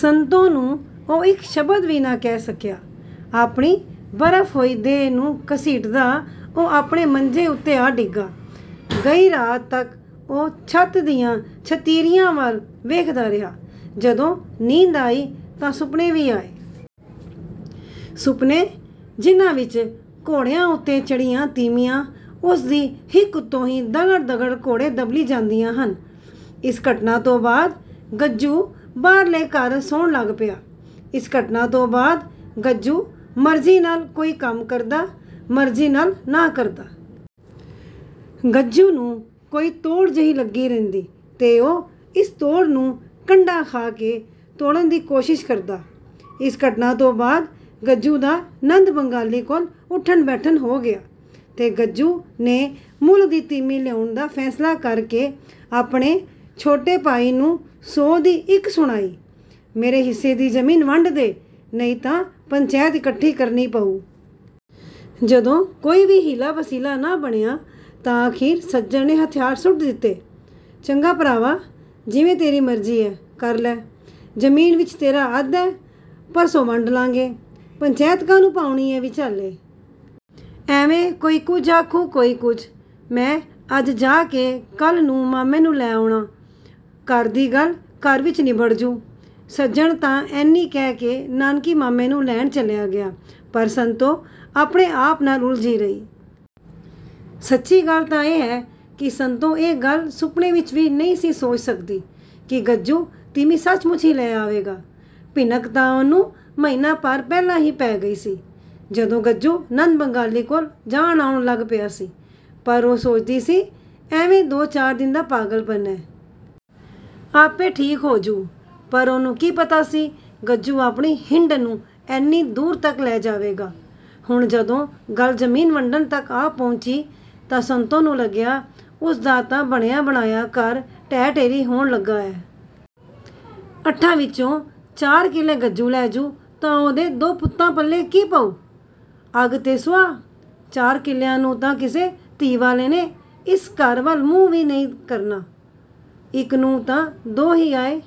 ਸੰਤੋ ਨੂੰ ਉਹ ਇੱਕ ਸ਼ਬਦ ਵੀ ਨਾ ਕਹਿ ਸਕਿਆ। ਆਪਣੀ ਬਰਫ਼ ਹੋਈ ਦੇਹ ਨੂੰ ਘਸੀਟਦਾ ਉਹ ਆਪਣੇ ਮੰਜੇ ਉੱਤੇ ਆ ਡਿੱਗਾ। ਗਈ ਰਾਤ ਤੱਕ ਉਹ ਛੱਤ ਦੀਆਂ ਛਤੀਰੀਆਂ ਵੱਲ ਵੇਖਦਾ ਰਿਹਾ। ਜਦੋਂ ਨੀਂਦ ਆਈ ਤਾਂ ਸੁਪਨੇ ਵੀ ਆਏ। ਸੁਪਨੇ, ਜਿਨ੍ਹਾਂ ਵਿੱਚ ਘੋੜਿਆਂ ਉੱਤੇ ਚੜ੍ਹੀਆਂ ਤੀਮੀਆਂ, ਉਸ ਦੀ ਹਿੱਕ ਉੱਤੋਂ ਦੀ ਦਗੜ-ਦਗੜ ਘੋੜੇ ਦਬੱਲੀ ਜਾਂਦੀਆਂ ਹਨ। ਇਸ ਘਟਨਾ ਤੋਂ ਬਾਅਦ ਗੱਜੂ ਬਾਹਰਲੇ ਘਰ ਸੌਣ ਲੱਗ ਪਿਆ। ਇਸ ਘਟਨਾ ਤੋਂ ਬਾਅਦ ਗੱਜੂ ਮਰਜ਼ੀ ਨਾਲ ਕੋਈ ਕੰਮ ਕਰਦਾ, ਮਰਜ਼ੀ ਨਾਲ ਨਾ ਕਰਦਾ। ਗੱਜੂ ਨੂੰ ਕੋਈ ਤੋੜ ਜਿਹੀ ਲੱਗੀ ਰਹਿੰਦੀ ਤੇ ਉਹ ਇਸ ਤੋੜ ਨੂੰ ਕੰਡਾ ਖਾ ਕੇ ਤੋੜਨ ਦੀ ਕੋਸ਼ਿਸ਼ ਕਰਦਾ। ਇਸ ਘਟਨਾ ਤੋਂ ਬਾਅਦ ਗੱਜੂ ਦਾ ਨੰਦ ਬੰਗਾਲੀ ਕੋਲ ਉੱਠਣ-ਬੈਠਣ ਹੋ ਗਿਆ ਤੇ ਗੱਜੂ ਨੇ ਮੁੱਲ ਦੀ ਤੀਮੀਂ ਲਿਆਉਣ ਦਾ ਫ਼ੈਸਲਾ ਕਰ ਕੇ ਆਪਣੇ ਛੋਟੇ ਭਾਈ ਨੂੰ ਸੌ ਦੀ ਇੱਕ ਸੁਣਾਈ, “ਮੇਰੇ ਹਿੱਸੇ ਦੀ ਜ਼ਮੀਨ ਵੰਡ ਦੇਹ, ਨਹੀਂ ਤਾਂ ਪੰਚੈਤ ਇਕੱਠੀ ਕਰਨੀ ਪਊ।” ਜਦੋਂ ਕੋਈ ਵੀ ਹੀਲਾ-ਵਸੀਲਾ ਨਾ ਬਣਿਆ ਤਾਂ ਅਖ਼ੀਰ ਸੱਜਣ ਨੇ ਹਥਿਆਰ ਸੁੱਟ ਦਿੱਤੇ। “ਚੰਗਾ ਭਰਾਵਾ, ਜਿਵੇਂ ਤੇਰੀ ਮਰਜ਼ੀ ਐ, ਕਰ ਲੈ। ਜ਼ਮੀਨ ਵਿੱਚ ਤੇਰਾ ਅੱਧ ਐ। ਪਰਸੋਂ ਵੰਡ ਲਾਂਗੇ। ਪੰਚੈਤ ਕਾਹਨੂੰ ਪਾਉਣੀ ਐ ਵਿਚਾਲੇ। ਐਵੇਂ ਕੋਈ ਕੁਝ ਆਖੂ, ਕੋਈ ਕੁਝ। ਮੈਂ ਅੱਜ ਜਾ ਕੇ ਕੱਲ੍ਹ ਨੂੰ ਮਾਮੇ ਨੂੰ ਲੈ ਆਉਣਾ। ਘਰ ਦੀ ਗੱਲ ਘਰ ਵਿੱਚ ਨਿਬੜ ਜੂ।” ਸੱਜਣ ਤਾਂ ਐਨੀ ਕਹਿ ਕੇ ਨਾਨਕੀਂ ਮਾਮੇ ਨੂੰ ਲੈਣ ਚਲਿਆ ਗਿਆ, ਪਰ ਸੰਤੋ ਆਪਣੇ ਆਪ ਨਾਲ ਉਲਝੀ ਰਹੀ। ਸੱਚੀ ਗੱਲ ਤਾਂ ਇਹ ਹੈ ਕਿ ਸੰਤੋ ਇਹ ਗੱਲ ਸੁਪਨੇ ਵਿੱਚ ਵੀ ਨਹੀਂ ਸੀ ਸੋਚ ਸਕਦੀ ਕਿ ਗੱਜੂ ਤੀਮੀਂ ਸੱਚਮੁੱਚ ਹੀ ਲੈ ਆਵੇਗਾ। ਭਿਣਕ ਤਾਂ ਉਹਨੂੰ ਮਹੀਨਾ ਭਰ ਪਹਿਲਾਂ ਹੀ ਪੈ ਗਈ ਸੀ, ਜਦੋਂ ਗੱਜੂ ਨੰਦ ਬੰਗਾਲੀ ਕੋਲ ਜਾਣ-ਆਉਣ ਲੱਗ ਪਿਆ ਸੀ, ਪਰ ਉਹ ਸੋਚਦੀ ਸੀ, “ਐਵੇਂ ਦੋ-ਚਾਰ ਦਿਨ ਦਾ ਪਾਲਗਪਣ ਐ। ਆਪੇ ਠੀਕ ਹੋ ਜੂ।” ਪਰ ਉਹਨੂੰ ਕੀ ਪਤਾ ਸੀ, ਗੱਜੂ ਆਪਣੀ ਹਿੰਡ ਨੂੰ ਐਨੀ ਦੂਰ ਤੱਕ ਲੈ ਜਾਵੇਗਾ। ਹੁਣ ਜਦੋਂ ਗੱਲ ਜ਼ਮੀਨ ਵੰਡਣ ਤੱਕ ਆ ਪਹੁੰਚੀ ਤਾਂ ਸੰਤੋ ਨੂੰ ਲੱਗਿਆ, ਉਸ ਦਾ ਤਾਂ ਬਣਿਆ-ਬਣਾਇਆ ਘਰ ਢਹਿ-ਢੇਰੀ ਹੋਣ ਲੱਗਾ ਐ। ਅੱਠਾਂ ਵਿੱਚੋਂ ਚਾਰ ਕਿਲੇ ਗੱਜੂ ਲੈ ਜੂ ਤਾਂ ਉਹਦੇ ਦੋ ਪੁੱਤਾਂ ਪੱਲੇ ਕੀ ਪਊ? ਅੱਗ ਤੇ ਸੁਆਹ? ਚਾਰ ਕਿੱਲਿਆਂ ਨੂੰ ਤਾਂ ਕਿਸੇ ਧੀ ਵਾਲੇ ਨੇ ਇਸ ਘਰ ਵੱਲ ਮੂੰਹ ਵੀ ਨਹੀਂ ਕਰਨਾ। ਇੱਕ ਨੂੰ ਤਾਂ ਦੋ ਹੀ ਆਏ।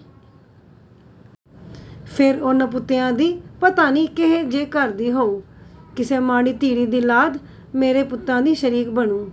ਫਿਰ ਉਹ ਨਪੁੱਤਿਆਂ ਦੀ ਪਤਾ ਨਹੀਂ ਕੇਹੇ ਜੇ ਘਰ ਦੀ ਹੋਊ। ਕਿਸੇ ਮਾੜੀ-ਧੀੜੀ ਦੀ ਲਾਦ ਮੇਰੇ ਪੁੱਤਾਂ ਦੀ ਸ਼ਰੀਕ ਬਣੂੰ।